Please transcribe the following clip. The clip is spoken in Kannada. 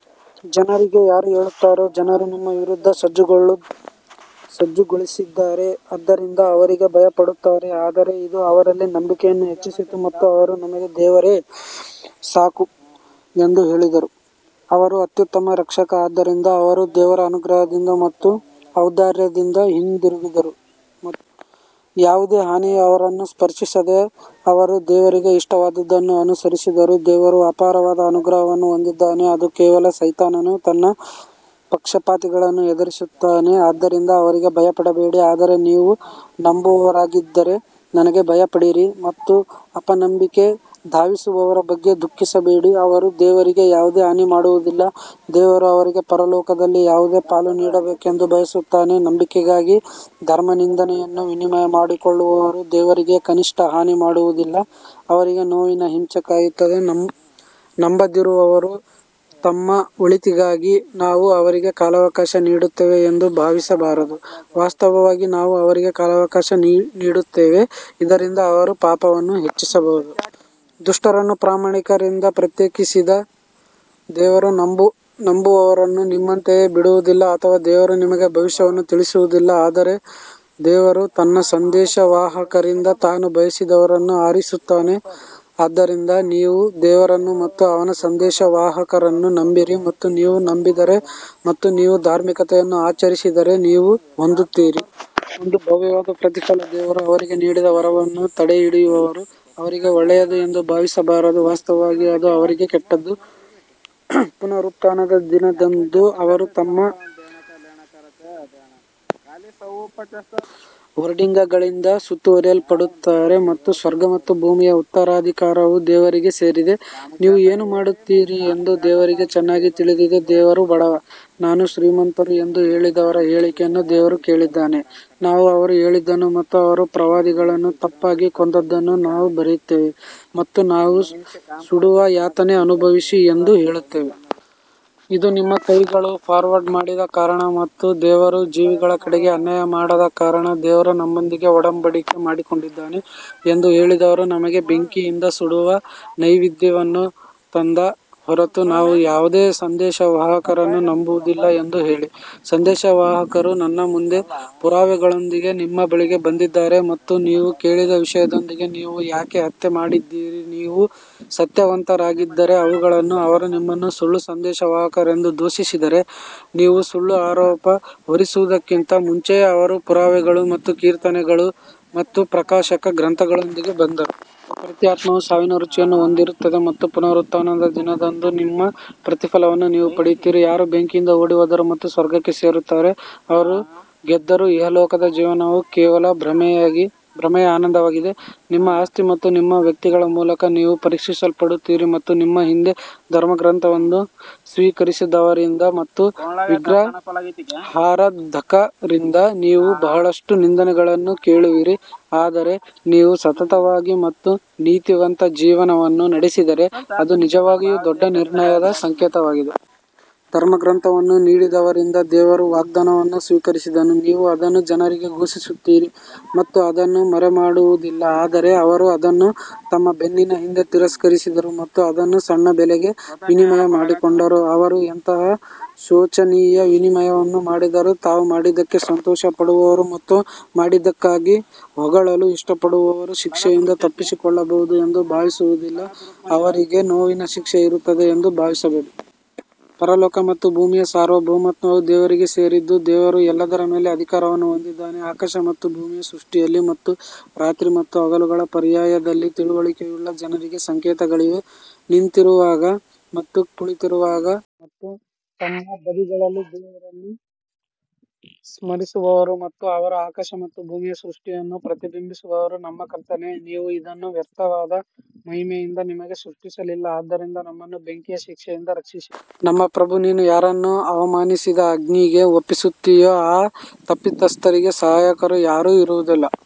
ಜನರು ಯಾರಿಗೆ ಹೇಳುತ್ತಾರೋ ಜನರು ನಿಮ್ಮ ವಿರುದ್ಧ ಸಜ್ಜುಗೊಳಿಸಿದ್ದಾರೆ ಆದ್ದರಿಂದ ಅವರಿಗೆ ಭಯಪಡುತ್ತಾರೆ ಆದರೆ ಇದು ಅವರಲ್ಲಿ ನಂಬಿಕೆಯನ್ನು ಹೆಚ್ಚಿಸಿತು ಮತ್ತು ಅವರು ನಮಗೆ ದೇವರೇ ಸಾಕು ಎಂದು ಹೇಳಿದರು ಅವರು ಅತ್ಯುತ್ತಮ ರಕ್ಷಕ ಆದ್ದರಿಂದ ಅವರು ದೇವರ ಅನುಗ್ರಹದಿಂದ ಮತ್ತು ಔದಾರ್ಯದಿಂದ ಹಿಂತಿರುಗಿದರು ಮತ್ತು ಯಾವುದೇ ಹಾನಿಯು ಅವರನ್ನು ಸ್ಪರ್ಶಿಸದೆ ಅವರು ದೇವರಿಗೆ ಇಷ್ಟವಾದದ್ದನ್ನು ಅನುಸರಿಸಿದರು, ದೇವರು ಅಪಾರವಾದ ಅನುಗ್ರಹವನ್ನು ಹೊಂದಿದ್ದಾನೆ ಅದು ಕೇವಲ ಸೈತಾನನು ತನ್ನ ಪಕ್ಷಪಾತಿಗಳನ್ನು ಹೆದರಿಸುತ್ತಾನೆ ಆದ್ದರಿಂದ ಅವರಿಗೆ ಭಯಪಡಬೇಡಿ ಆದರೆ ನೀವು ನಂಬುವವರಾಗಿದ್ದರೆ ನನಗೆ ಭಯಪಡಿರಿ ಮತ್ತು ಅಪನಂಬಿಕೆಗೆ ಧಾವಿಸುವವರ ಬಗ್ಗೆ ದುಃಖಿಸಬೇಡಿ ಅವರು ದೇವರಿಗೆ ಯಾವುದೇ ಹಾನಿ ಮಾಡುವುದಿಲ್ಲ, ದೇವರು ಅವರಿಗೆ ಪರಲೋಕದಲ್ಲಿ ಯಾವುದೇ ಪಾಲು ನೀಡಬೇಕೆಂದು ಬಯಸುತ್ತಾನೆ ನಂಬಿಕೆಗಾಗಿ ಧರ್ಮನಿಂದೆಯನ್ನು ವಿನಿಮಯ ಮಾಡಿಕೊಳ್ಳುವವರು ದೇವರಿಗೆ ಕನಿಷ್ಠ ಹಾನಿ ಮಾಡುವುದಿಲ್ಲ, ಅವರಿಗೆ ನೋವಿನ ಹಿಂಸೆ ಕಾಯುತ್ತಿದೆ ನಂಬದಿರುವವರು ತಮ್ಮ ಒಳಿತಿಗಾಗಿ ನಾವು ಅವರಿಗೆ ಕಾಲಾವಕಾಶ ನೀಡುತ್ತೇವೆ ಎಂದು ಭಾವಿಸಬಾರದು, ವಾಸ್ತವವಾಗಿ ನಾವು ಅವರಿಗೆ ಕಾಲಾವಕಾಶ ನೀಡುತ್ತೇವೆ, ಇದರಿಂದ ಅವರು ಪಾಪವನ್ನು ಹೆಚ್ಚಿಸಬಹುದು. ದುಷ್ಟರನ್ನು ಪ್ರಾಮಾಣಿಕರಿಂದ ಪ್ರತ್ಯೇಕಿಸದೆ ದೇವರು ನಂಬುವವರನ್ನು ನಿಮ್ಮಂತೆಯೇ ಬಿಡುವುದಿಲ್ಲ ಅಥವಾ ದೇವರು ನಿಮಗೆ ಭವಿಷ್ಯವನ್ನು ತಿಳಿಸುವುದಿಲ್ಲ ಆದರೆ ದೇವರು ತನ್ನ ಸಂದೇಶವಾಹಕರಿಂದ ತಾನು ಬಯಸಿದವರನ್ನು ಆರಿಸುತ್ತಾನೆ ಆದ್ದರಿಂದ ನೀವು ದೇವರನ್ನು ಮತ್ತು ಅವನ ಸಂದೇಶವಾಹಕರನ್ನು ನಂಬಿರಿ ಮತ್ತು ನೀವು ನಂಬಿದರೆ ಮತ್ತು ನೀವು ಧಾರ್ಮಿಕತೆಯನ್ನು ಆಚರಿಸಿದರೆ ನೀವು ಹೊಂದುತ್ತೀರಿ. ಒಂದು ಭವ್ಯವಾದ ಪ್ರತಿಫಲ ದೇವರು ಅವರಿಗೆ ನೀಡಿದ ವರವನ್ನು ತಡೆಹಿಡಿಯುವವರು ಅವರಿಗೆ ಒಳ್ಳೆಯದು ಎಂದು ಭಾವಿಸಬಾರದು, ವಾಸ್ತವವಾಗಿ ಅದು ಅವರಿಗೆ ಕೆಟ್ಟದು, ಪುನರುತ್ಥಾನದ ದಿನದಂದು ಅವರು ತಮ್ಮ ಹೋರ್ಡಿಂಗ್ಗಳಿಂದ ಸುತ್ತುವರಿಯಲ್ಪಡುತ್ತಾರೆ ಮತ್ತು ಸ್ವರ್ಗ ಮತ್ತು ಭೂಮಿಯ ಉತ್ತರಾಧಿಕಾರವು ದೇವರಿಗೆ ಸೇರಿದೆ. ನೀವು ಏನು ಮಾಡುತ್ತೀರಿ ಎಂದು ದೇವರಿಗೆ ಚೆನ್ನಾಗಿ ತಿಳಿದಿದೆ ದೇವರು ಬಡವ, ನಾವು ಶ್ರೀಮಂತರು ಎಂದು ಹೇಳಿದವರ ಹೇಳಿಕೆಯನ್ನು ದೇವರು ಕೇಳಿದ್ದಾನೆ, ನಾವು ಅವರು ಹೇಳಿದ್ದನ್ನು ಮತ್ತು ಅವರು ಪ್ರವಾದಿಗಳನ್ನು ತಪ್ಪಾಗಿ ಕೊಂದದ್ದನ್ನು ನಾವು ಬರೆಯುತ್ತೇವೆ ಮತ್ತು ನಾವು ಸುಡುವ ಯಾತನೆ ಅನುಭವಿಸಿ ಎಂದು ಹೇಳುತ್ತೇವೆ. ಇದು ನಿಮ್ಮ ಕೈಗಳು ಫಾರ್ವರ್ಡ್ ಮಾಡಿದ ಕಾರಣ ಮತ್ತು ದೇವರು ಜೀವಿಗಳ ಕಡೆಗೆ ಅನ್ಯಾಯ ಮಾಡದ ಕಾರಣ ದೇವರು ನಮ್ಮೊಂದಿಗೆ ಒಡಂಬಡಿಕೆ ಮಾಡಿಕೊಂಡಿದ್ದಾನೆ ಎಂದು ಹೇಳಿದವರು ನಮಗೆ ಬೆಂಕಿಯಿಂದ ಸುಡುವ ನೈವೇದ್ಯವನ್ನು ತಂದ ಹೊರತು ನಾವು ಯಾವುದೇ ಸಂದೇಶವಾಹಕರನ್ನು ನಂಬುವುದಿಲ್ಲ ಎಂದು ಹೇಳಿ, ಸಂದೇಶವಾಹಕರು ನನ್ನ ಮುಂದೆ ಪುರಾವೆಗಳೊಂದಿಗೆ ನಿಮ್ಮ ಬಳಿಗೆ ಬಂದಿದ್ದಾರೆ ಮತ್ತು ನೀವು ಕೇಳಿದ ವಿಷಯದೊಂದಿಗೆ ನೀವು ಯಾಕೆ ಹತ್ಯೆ ಮಾಡಿದಿರಿ ನೀವು ಸತ್ಯವಂತರಾಗಿದ್ದರೆ ಅವುಗಳನ್ನು ಅವರು ನಿಮ್ಮನ್ನು ಸುಳ್ಳು ಸಂದೇಶವಾಹಕರೆಂದು ದೂಷಿಸಿದರೆ, ನೀವು ಸುಳ್ಳು ಆರೋಪ ಹೊರಿಸುವುದಕ್ಕಿಂತ ಮುಂಚೆಯೇ ಅವರು ಪುರಾವೆಗಳು ಮತ್ತು ಕೀರ್ತನೆಗಳು ಮತ್ತು ಪ್ರಕಾಶಕ ಗ್ರಂಥಗಳೊಂದಿಗೆ ಬಂದರು. ಪ್ರತಿ ಆತ್ಮವು ಸಾವಿನ ರುಚಿಯನ್ನು ಹೊಂದಿರುತ್ತದೆ ಮತ್ತು ಪುನರುತ್ಥಾನದ ದಿನದಂದು ನಿಮ್ಮ ಪ್ರತಿಫಲವನ್ನು ನೀವು ಪಡೆಯುತ್ತೀರಿ, ಯಾರು ಬೆಂಕಿಯಿಂದ ಓಡಿಹೋದರು ಮತ್ತು ಸ್ವರ್ಗಕ್ಕೆ ಸೇರುತ್ತಾರೆ, ಅವರು ಗೆದ್ದರು ಇಹಲೋಕದ ಜೀವನವು ಕೇವಲ ಭ್ರಮೆಯ ಆನಂದವಾಗಿದೆ. ನಿಮ್ಮ ಆಸ್ತಿ ಮತ್ತು ನಿಮ್ಮ ವ್ಯಕ್ತಿಗಳ ಮೂಲಕ ನೀವು ಪರೀಕ್ಷಿಸಲ್ಪಡುತ್ತೀರಿ ಮತ್ತು ನಿಮ್ಮ ಹಿಂದೆ ಧರ್ಮಗ್ರಂಥವನ್ನು ಸ್ವೀಕರಿಸಿದವರಿಂದ ಮತ್ತು ವಿಗ್ರಹಾರಾಧಕರಿಂದ ನೀವು ಬಹಳಷ್ಟು ನಿಂದನೆಗಳನ್ನು ಕೇಳುವಿರಿ ಆದರೆ ನೀವು ಸತತವಾಗಿ ಮತ್ತು ನೀತಿವಂತ ಜೀವನವನ್ನು ನಡೆಸಿದರೆ ಅದು ನಿಜವಾಗಿಯೂ ದೊಡ್ಡ ನಿರ್ಣಯದ ಸಂಕೇತವಾಗಿದೆ. ಧರ್ಮಗ್ರಂಥವನ್ನು ನೀಡಿದವರಿಂದ ದೇವರು ವಾಗ್ದಾನವನ್ನು ಸ್ವೀಕರಿಸಿದನು, ನೀವು ಅದನ್ನು ಜನರಿಗೆ ಘೋಷಿಸುತ್ತೀರಿ ಮತ್ತು ಅದನ್ನು ಮರೆಮಾಡುವುದಿಲ್ಲ ಆದರೆ ಅವರು ಅದನ್ನು ತಮ್ಮ ಬೆನ್ನಿನ ಹಿಂದೆ ತಿರಸ್ಕರಿಸಿದರು ಮತ್ತು ಅದನ್ನು ಸಣ್ಣ ಬೆಲೆಗೆ ವಿನಿಮಯ ಮಾಡಿಕೊಂಡರು ಅವರು ಎಂತಹ ಶೋಚನೀಯ ವಿನಿಮಯವನ್ನು ಮಾಡಿದರು ತಾವು ಮಾಡಿದ್ದಕ್ಕೆ ಸಂತೋಷಪಡುವವರು ಮತ್ತು ಮಾಡದಿದ್ದಕ್ಕಾಗಿ ಹೊಗಳಲು ಇಷ್ಟಪಡುವವರು ಶಿಕ್ಷೆಯಿಂದ ತಪ್ಪಿಸಿಕೊಳ್ಳಬಹುದು ಎಂದು ಭಾವಿಸುವುದಿಲ್ಲ ಅವರಿಗೆ ನೋವಿನ ಶಿಕ್ಷೆ ಇರುತ್ತದೆ ಎಂದು ಭಾವಿಸಬೇಡಿ. ಪರಲೋಕ ಮತ್ತು ಭೂಮಿಯ ಸಾರ್ವಭೌಮತ್ವವು ದೇವರಿಗೆ ಸೇರಿದ್ದು, ದೇವರು ಎಲ್ಲದರ ಮೇಲೆ ಅಧಿಕಾರವನ್ನು ಹೊಂದಿದ್ದಾನೆ ಆಕಾಶ ಮತ್ತು ಭೂಮಿಯ ಸೃಷ್ಟಿಯಲ್ಲಿ ಮತ್ತು ರಾತ್ರಿ ಮತ್ತು ಹಗಲುಗಳ ಪರ್ಯಾಯದಲ್ಲಿ ತಿಳುವಳಿಕೆಯುಳ್ಳ ಜನರಿಗೆ ಸಂಕೇತಗಳಿವೆ. ನಿಂತಿರುವಾಗ ಮತ್ತು ಕುಳಿತಿರುವಾಗ ಮತ್ತು ತಮ್ಮ ಬದಿಗಳಲ್ಲಿ ದೇವರನ್ನು ಸ್ಮರಿಸುವವರು ಮತ್ತು ಅವರು ಆಕಾಶ ಮತ್ತು ಭೂಮಿಯ ಸೃಷ್ಟಿಯನ್ನು ಪ್ರತಿಬಿಂಬಿಸುವವರು ನಮ್ಮ ಕರ್ತನೇ, ನೀವು ಇದನ್ನು ವ್ಯರ್ಥವಾದ ಮಹಿಮೆಯಿಂದ ನಿಮಗೆ ಸೃಷ್ಟಿಸಲಿಲ್ಲ ಆದ್ದರಿಂದ ನಮ್ಮನ್ನು ಬೆಂಕಿಯ ಶಿಕ್ಷೆಯಿಂದ ರಕ್ಷಿಸಿ. ನಮ್ಮ ಪ್ರಭು ನೀನು ಯಾರನ್ನು ಅವಮಾನಿಸಿದ ಅಗ್ನಿಗೆ ಒಪ್ಪಿಸುತ್ತೀಯೋ ಆ ತಪ್ಪಿತಸ್ಥರಿಗೆ ಸಹಾಯಕರು ಯಾರೂ ಇರುವುದಿಲ್ಲ.